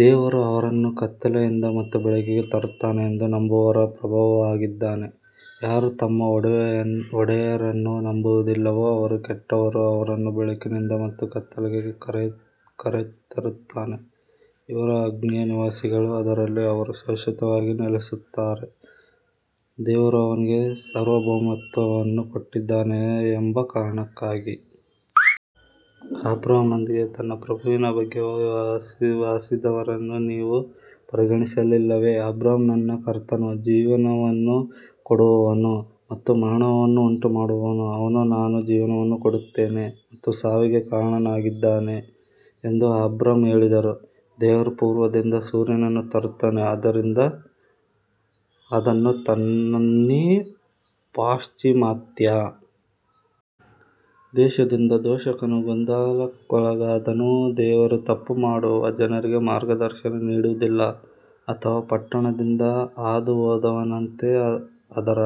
ದೇವರು ಅವರನ್ನು ಕತ್ತಲೆಯಿಂದ ಮತ್ತು ಬೆಳಕಿಗೆ ತರುತ್ತಾನೆ ಎಂದು ನಂಬುವವರ ಪ್ರಭುವಾಗಿದ್ದಾನೆ, ಯಾರು ತಮ್ಮ ಒಡೆಯರನ್ನು ನಂಬುವುದಿಲ್ಲವೋ ಅವರು ಕೆಟ್ಟವರು ಅವರನ್ನು ಬೆಳಕಿನಿಂದ ಮತ್ತು ಕತ್ತಲೆಗೆ ಕರೆತರುತ್ತಾರೆ, ಇವರು ಅಗ್ನಿಯ ನಿವಾಸಿಗಳು, ಅದರಲ್ಲಿ ಅವರು ಶಾಶ್ವತವಾಗಿ ನೆಲೆಸುತ್ತಾರೆ. ದೇವರು ಅವನಿಗೆ ಸಾರ್ವಭೌಮತ್ವವನ್ನು ಕೊಟ್ಟಿದ್ದಾನೆ ಎಂಬ ಕಾರಣಕ್ಕಾಗಿ ಅಬ್ರಹಾಂನೊಂದಿಗೆ ತನ್ನ ಪ್ರಭುವಿನ ಬಗ್ಗೆ ವಾದಿಸಿದವರನ್ನು ನೀವು ಪರಿಗಣಿಸಲಿಲ್ಲವೇ, ಅಬ್ರಹಾಂ ನನ್ನ ಕರ್ತನು ಜೀವವನ್ನು ಕೊಡುವವನು ಮತ್ತು ಮರಣವನ್ನು ಉಂಟುಮಾಡುವವನು ಅವನು ನಾನು ಜೀವವನ್ನು ಕೊಡುತ್ತೇನೆ ಮತ್ತು ಸಾವಿಗೆ ಕಾರಣನಾಗಿದ್ದಾನೆ ಎಂದು ಅಬ್ರಹಾಂ ಹೇಳಿದರು ದೇವರು ಪೂರ್ವದಿಂದ ಸೂರ್ಯನನ್ನು ತರುತ್ತಾನೆ ಆದ್ದರಿಂದ ಅದನ್ನು ತನ್ನಿ ಪಾಶ್ಚಿಮಾತ್ಯ ದೇಶದಿಂದ ದೂಷಕನು ಗೊಂದಲಕ್ಕೊಳಗಾದನು, ದೇವರು ತಪ್ಪು ಮಾಡುವ ಜನರಿಗೆ ಮಾರ್ಗದರ್ಶನ ನೀಡುವುದಿಲ್ಲ ಅಥವಾ ಪಟ್ಟಣದಿಂದ ಹಾದುಹೋದವನಂತೆ ಅದರ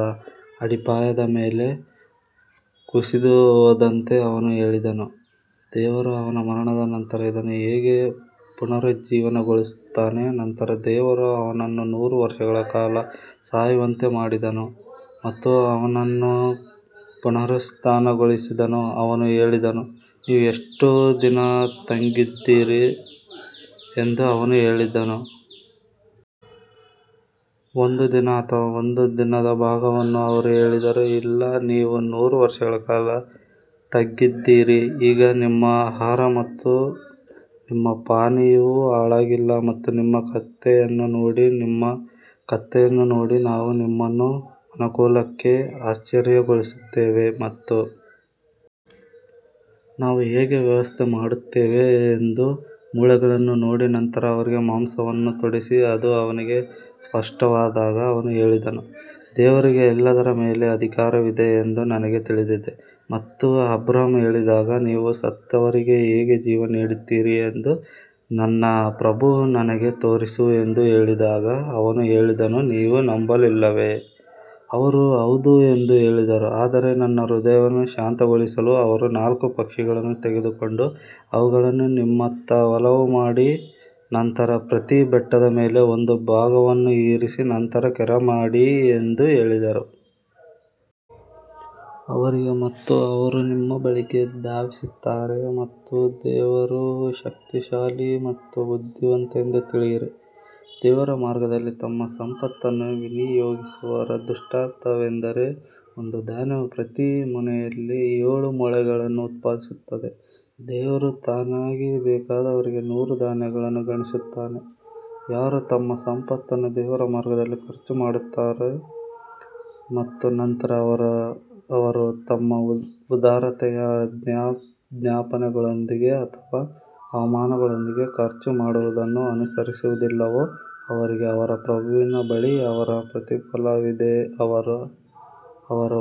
ಅಡಿಪಾಯದ ಮೇಲೆ ಕುಸಿದುಹೋದಂತೆ ಅವನು ಹೇಳಿದನು, ದೇವರು ಅವನ ಮರಣದ ನಂತರ ಇದನ್ನು ಹೇಗೆ ಪುನರುಜ್ಜೀವನಗೊಳಿಸುತ್ತಾನೆ ನಂತರ ದೇವರು ಅವನನ್ನು ನೂರು ವರ್ಷಗಳ ಕಾಲ ಸಾಯುವಂತೆ ಮಾಡಿದನು ಮತ್ತು ಅವನನ್ನು ಪುನರುತ್ಥಾನಗೊಳಿಸಿದನು ಅವನು ಹೇಳಿದನು, ನೀವು ಎಷ್ಟು ದಿನ ತಂಗಿದ್ದೀರಿ ಎಂದು ಅವನು ಹೇಳಿದನು. ಒಂದು ದಿನ ಅಥವಾ ಒಂದು ದಿನದ ಭಾಗವನ್ನು ಅವರು ಹೇಳಿದರು ಇಲ್ಲ ನೀವು ನೂರು ವರ್ಷಗಳ ಕಾಲ ತಂಗಿದ್ದೀರಿ ಈಗ ನಿಮ್ಮ ಆಹಾರ ಮತ್ತು ನಿಮ್ಮ ಪಾನೀಯವು ಹಾಳಾಗಿಲ್ಲ ಮತ್ತು ನಿಮ್ಮ ಕತ್ತೆಯನ್ನು ನೋಡಿ ನಿಮ್ಮ ಕತ್ತೆಯನ್ನು ನೋಡಿ ನಾವು ನಿಮ್ಮನ್ನು ಮನುಕುಲಕ್ಕೆ ಆಶ್ಚರ್ಯಗೊಳಿಸುತ್ತೇವೆ ಮತ್ತು ನಾವು ಹೇಗೆ ವ್ಯವಸ್ಥೆ ಮಾಡುತ್ತೇವೆ ಎಂದು ಮೂಳೆಗಳನ್ನು ನೋಡಿ ನಂತರ ಅವರಿಗೆ ಮಾಂಸವನ್ನು ತೊಡಿಸಿ, ಅದು ಅವನಿಗೆ ಸ್ಪಷ್ಟವಾದಾಗ ಅವನು ಹೇಳಿದನು, ದೇವರಿಗೆ ಎಲ್ಲದರ ಮೇಲೆ ಅಧಿಕಾರವಿದೆ ಎಂದು ನನಗೆ ತಿಳಿದಿದೆ ಮತ್ತು ಅಬ್ರಹಾಂ ಹೇಳಿದಾಗ ನೀವು ಸತ್ತವರಿಗೆ ಹೇಗೆ ಜೀವ ನೀಡುತ್ತೀರಿ ಎಂದು ನನ್ನ ಪ್ರಭು ನನಗೆ ತೋರಿಸು ಎಂದು ಹೇಳಿದಾಗ ಅವನು ಹೇಳಿದನು ನೀವು ನಂಬಲಿಲ್ಲವೇ ಅವರು ಹೌದು ಎಂದು ಹೇಳಿದರು ಆದರೆ ನನ್ನ ಹೃದಯವನ್ನು ಶಾಂತಗೊಳಿಸಲು ಅವರು ನಾಲ್ಕು ಪಕ್ಷಿಗಳನ್ನು ತೆಗೆದುಕೊಂಡು ಅವುಗಳನ್ನು ನಿಮ್ಮತ್ತ ಒಲವು ಮಾಡಿ ನಂತರ ಪ್ರತಿ ಬೆಟ್ಟದ ಮೇಲೆ ಒಂದು ಭಾಗವನ್ನು ಇರಿಸಿ ನಂತರ ಕರೆ ಮಾಡಿ ಎಂದು ಹೇಳಿದರು. ಅವರಿಗೆ ಮತ್ತು ಅವರು ನಿಮ್ಮ ಬಳಿಗೆ ಧಾವಿಸುತ್ತಾರೆ ಮತ್ತು ದೇವರು ಶಕ್ತಿಶಾಲಿ ಮತ್ತು ಬುದ್ಧಿವಂತ ಎಂದು ತಿಳಿಯಿರಿ ದೇವರ ಮಾರ್ಗದಲ್ಲಿ ತಮ್ಮ ಸಂಪತ್ತನ್ನು ವಿನಿಯೋಗಿಸುವವರ ದೃಷ್ಟಾಂತವೆಂದರೆ, ಒಂದು ಧಾನ್ಯವು ಪ್ರತಿ ಮೊನೆಯಲ್ಲಿ ಏಳು ಮೊಳೆಗಳನ್ನು ಉತ್ಪಾದಿಸುತ್ತದೆ, ದೇವರು ತನಗೆ ಬೇಕಾದವರಿಗೆ ನೂರು ಧಾನ್ಯಗಳನ್ನು ಗುಣಿಸುತ್ತಾನೆ. ಯಾರು ತಮ್ಮ ಸಂಪತ್ತನ್ನು ದೇವರ ಮಾರ್ಗದಲ್ಲಿ ಖರ್ಚು ಮಾಡುತ್ತಾರೆ ಮತ್ತು ನಂತರ ಅವರು ತಮ್ಮ ಉದಾರತೆಯ ಜ್ಞಾಪನೆಗಳೊಂದಿಗೆ ಅಥವಾ ಅವಮಾನಗಳೊಂದಿಗೆ ಖರ್ಚು ಮಾಡುವುದನ್ನು ಅನುಸರಿಸುವುದಿಲ್ಲವೋ ಅವರಿಗೆ ಅವರ ಪ್ರಭುವಿನ ಬಳಿ ಅವರ ಪ್ರತಿಫಲವಿದೆ, ಅವರು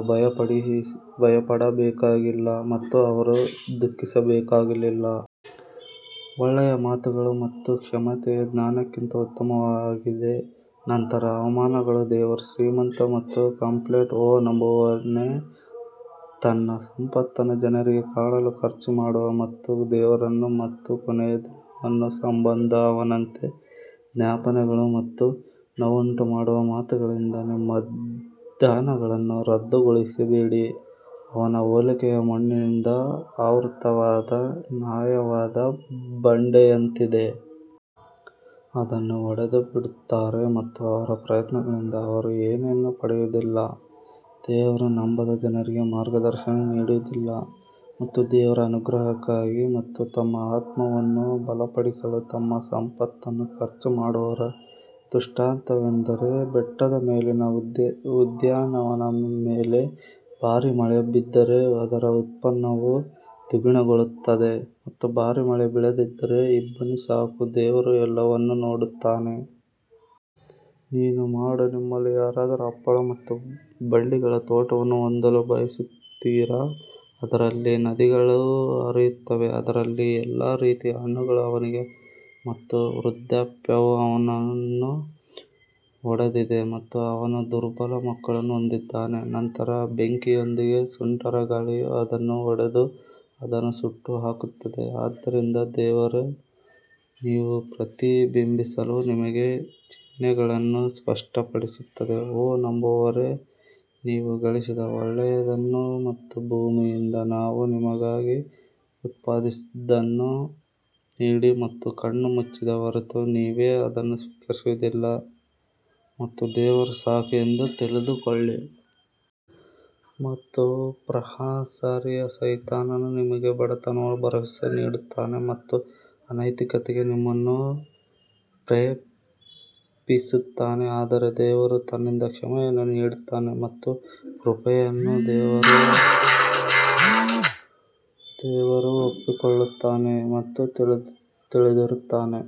ಭಯಪಡಬೇಕಾಗಿಲ್ಲ ಮತ್ತು ಅವರು ದುಃಖಿಸಬೇಕಾಗಿಲ್ಲ. ಒಳ್ಳೆಯ ಮಾತುಗಳು ಮತ್ತು ಕ್ಷಮೆಯು ದಾನಕ್ಕಿಂತ ಉತ್ತಮವಾಗಿದೆ ನಂತರ ಅವಮಾನಗಳು ದೇವರು ಶ್ರೀಮಂತ ಮತ್ತು ಕ್ಲೆಮೆಂಟ್ ಓ ನಂಬುವವನೇ, ತನ್ನ ಸಂಪತ್ತನ್ನು ಜನರಿಗೆ ಕಾಣಲು ಖರ್ಚು ಮಾಡುವ ಮತ್ತು ದೇವರನ್ನು ಮತ್ತು ಕೊನೆಯ ದಿನವನ್ನು ನಂಬದ ಅವನಂತೆ ಜ್ಞಾಪನೆಗಳು ಮತ್ತು ನೋವುಂಟುಮಾಡುವ ಮಾತುಗಳಿಂದ ನಿಮ್ಮ ದಾನಗಳನ್ನು ರದ್ದುಗೊಳಿಸಬೇಡಿ, ಅವನ ಹೋಲಿಕೆಯು ಮಣ್ಣಿನಿಂದ ಆವೃತವಾದ ನಯವಾದ ಬಂಡೆಯಂತಿದೆ. ಅದನ್ನು ಹೊಡೆದು ಬಿಡುತ್ತಾರೆ ಮತ್ತು ಅವರ ಪ್ರಯತ್ನಗಳಿಂದ ಅವರು ಏನನ್ನೂ ಪಡೆಯುವುದಿಲ್ಲ, ದೇವರು ನಂಬದ ಜನರಿಗೆ ಮಾರ್ಗದರ್ಶನ ನೀಡುವುದಿಲ್ಲ ಮತ್ತು ದೇವರ ಅನುಗ್ರಹಕ್ಕಾಗಿ ಮತ್ತು ತಮ್ಮ ಆತ್ಮವನ್ನು ಬಲಪಡಿಸಲು ತಮ್ಮ ಸಂಪತ್ತನ್ನು ಖರ್ಚು ಮಾಡುವವರ ದೃಷ್ಟಾಂತವೆಂದರೆ ಬೆಟ್ಟದ ಮೇಲಿನ ಉದ್ಯಾನವನದ ಮೇಲೆ ಭಾರಿ ಮಳೆ ಬಿದ್ದರೆ ಅದರ ಉತ್ಪನ್ನವು ದ್ವಿಗುಣಗೊಳ್ಳುತ್ತದೆ ಮತ್ತು ಭಾರೀ ಮಳೆ ಬೀಳದಿದ್ದರೆ ಇಬ್ಬನಿ ಸಾಕು ದೇವರು ಎಲ್ಲವನ್ನೂ ನೋಡುತ್ತಾನೆ. ನೀನು ಮಾಡು ನಿಮ್ಮಲ್ಲಿ ಯಾರಾದರೂ ಹಪ್ಪಳ ಮತ್ತು ಬಳ್ಳಿಗಳ ತೋಟವನ್ನು ಹೊಂದಲು ಬಯಸುತ್ತೀರಾ, ಅದರಲ್ಲಿ ನದಿಗಳು ಹರಿಯುತ್ತವೆ ಅದರಲ್ಲಿ ಎಲ್ಲಾ ರೀತಿಯ ಹಣ್ಣುಗಳು ಅವನಿಗೆ ಮತ್ತು ವೃದ್ಧಾಪ್ಯವು ಅವನನ್ನು ಹೊಡೆದಿದೆ ಮತ್ತು ಅವನು ದುರ್ಬಲ ಮಕ್ಕಳನ್ನು ಹೊಂದಿದ್ದಾನೆ ನಂತರ ಬೆಂಕಿಯೊಂದಿಗೆ ಸುಂಟರಗಾಳಿಯು ಅದನ್ನು ಹೊಡೆದು ಅದನ್ನು ಸುಟ್ಟುಹಾಕುತ್ತದೆ ಆದ್ದರಿಂದ ದೇವರು ನೀವು ಪ್ರತಿಬಿಂಬಿಸಲು ನಿಮಗೆ ಚಿಹ್ನೆಗಳನ್ನು ಸ್ಪಷ್ಟಪಡಿಸುತ್ತದೆ ಓ ನಂಬುವವರೇ, ನೀವು ಗಳಿಸಿದ ಒಳ್ಳೆಯದನ್ನು ಮತ್ತು ಭೂಮಿಯಿಂದ ನಾವು ನಿಮಗಾಗಿ ಉತ್ಪಾದಿಸಿದ್ದನ್ನು ನೀಡಿ ಮತ್ತು ಕಣ್ಣು ಮುಚ್ಚಿದ ಹೊರತು ನೀವೇ ಅದನ್ನು ಸ್ವೀಕರಿಸುವುದಿಲ್ಲ ಮತ್ತು ದೇವರು ಸಾಕು ಎಂದು ತಿಳಿದುಕೊಳ್ಳಿ. ಮತ್ತು ಪ್ರಶಂಸಾರ್ಹ ಸೈತಾನನು ನಿಮಗೆ ಬಡತನವನ್ನು ಭರವಸೆ ನೀಡುತ್ತಾನೆ ಮತ್ತು ಅನೈತಿಕತೆಗೆ ನಿಮ್ಮನ್ನು ಪ್ರೇರೇಪಿಸುತ್ತಾನೆ ಆದರೆ ದೇವರು ತನ್ನಿಂದ ಕ್ಷಮೆಯನ್ನು ನೀಡುತ್ತಾನೆ ಮತ್ತು ಕೃಪೆಯನ್ನು ದೇವರು ಅಪ್ಪಿಕೊಳ್ಳುತ್ತಾನೆ ಮತ್ತು ತಿಳಿದಿರುತ್ತಾನೆ.